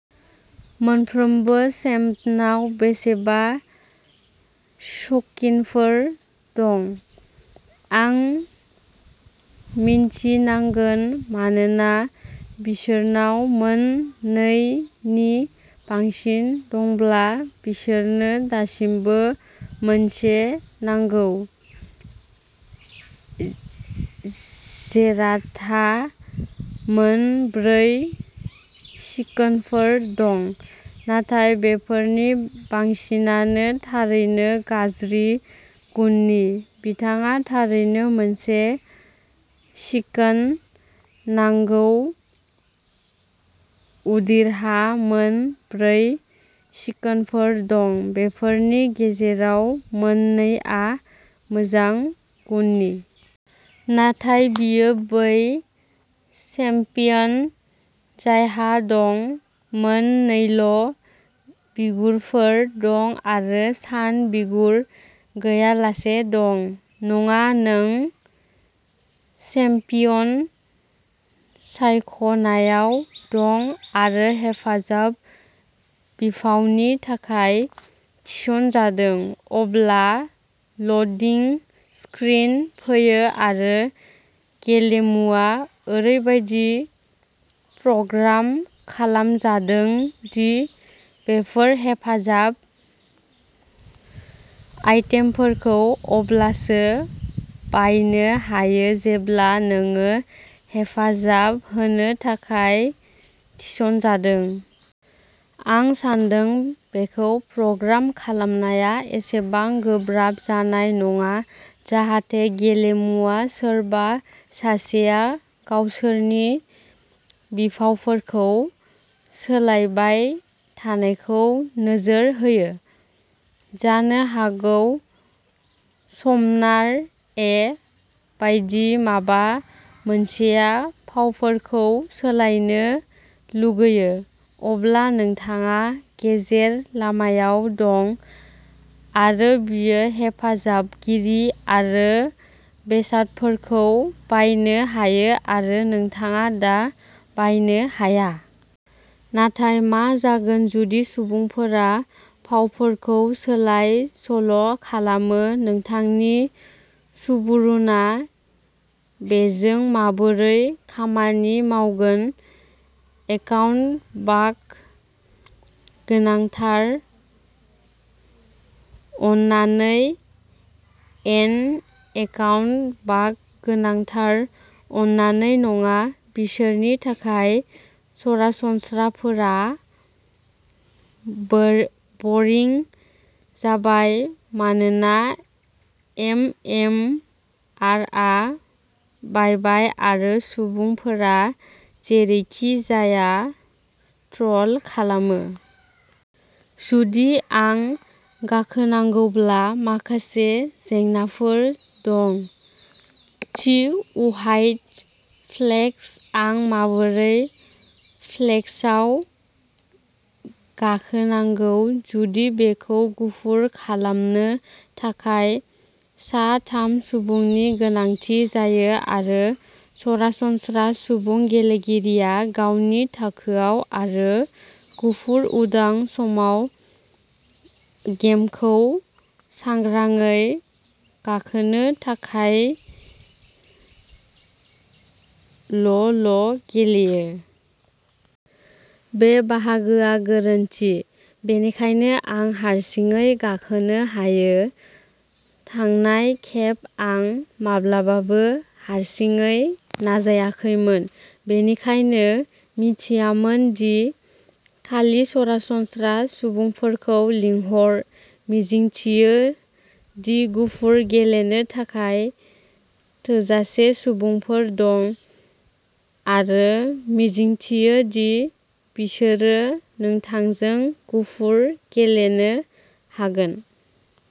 मोनफ्रोमबो चेम्पनाव बेसेबा सुकिनफोर दं। आं मिन्थिनांगोन मानोना बिसोरनाव मोन नै नि बांसिन दंब्ला बिसोरनो दासिमबो मोनसे नांगौ। जेराथहा मोन ब्रै स्कोनफोर दं, नाथाय बेफोरनि बांसिनानो थारैनो गाज्रि गुननि, बिथाङा थारैनो मोनसे सिकोन नांगौ उदिरहा मोन ब्रै स्कोनफोर दं, बेफोरनि गेजेराव मोन नै आ मोजां गुननि। नाथाय बियो बै चेम्पियन जायहा दं। मोन नैल' बिगुरफोर दं आरो सान बिगुर गैयालासे दं। नङा, नों चेम्पियन सायख'नायाव दं आरो हेफाजाब बिफावनि थाखाय थिसनजादों, अब्ला ल'डिं स्क्रिन फैयो आरो गेलेमुआ ओरैबादि प्रग्राम खालामजादों दि बेफोर हेफाजाब आइटेमफोरखौ अब्लासो बायनो हायो जेब्ला नोङो हेफाजाब होनो थाखाय थिसनजादों। आं सान्दों बेखौ प्रग्राम खालामनाया एसेबां गोब्राब जानाय नङा जाहाथे गेलेमुआ सोरबा सासेआ गावसोरनि बिफावफोरखौ सोलायबाय थानायखौ नोजोर होयो। जानो हागौ समनार ए बायदि माबा मोनसेआ फावफोरखौ सोलायनो लुगैयो। अब्ला नोंथाङा गेजेर लामायाव दं आरो बियो हेफाजाबगिरि आरो बेसादफोरखौ बायनो हायो आरो नोंथाङा दा बायनो हाया। नाथाय मा जागोन जुदि सुबुंफोरा फावफोरखौ सोलाय-सोल' खालामो, नोंथांनि सुबुरुनआ बेजों माबोरै खामानि मावगोन? एकाउन्ट बाग दोनांथार अन्नानै इन एकाउन्ट बाग गोनांथार अन्नानै नङा, बिसोरनि थाखाय सरासनस्राफोरा बोर बरिं जाबाय, मानोना एम एम आरआ बायबाय आरो सुबुंफोरा जेरैखि जाया ट्र'ल खालामो। जुदि आं गाखोनांगौब्ला माखासे जेंनाफोर दं, थिव उहाइट फ्लेक्स आं माबोरै फ्लेक्सआव गाखोनांगौ, जुदि बेखौ गुफुर खालामनो थाखाय सा थाम सुबुंनि गोनांथि जायो आरो सरासनस्रा सुबुं गेलेगिरिया गावनि थाखोआव आरो गुफुर उदां समाव गेमखौ सांग्रांयै गाखोनो थाखाय ल'ल' गेलेयो। बे बाहागोआ गोरोन्थि बेनिखायनो आं हारसिङै गाखोनो हायो, थांनाय खेब आं माब्लाबाबो हारसिङै नाजायाखैमोन बेनिखायनो मिथियामोन दि खालि सरासनस्रा सुबुंफोरखौ लिंहर, मिजिंथियो दि गुफुर गेलेनो थाखाय थोजासे सुबुंफोर दं। आरो मिजिंथियो दि बिसोरो नोंथांजों गुफुर गेलेनो हागोन।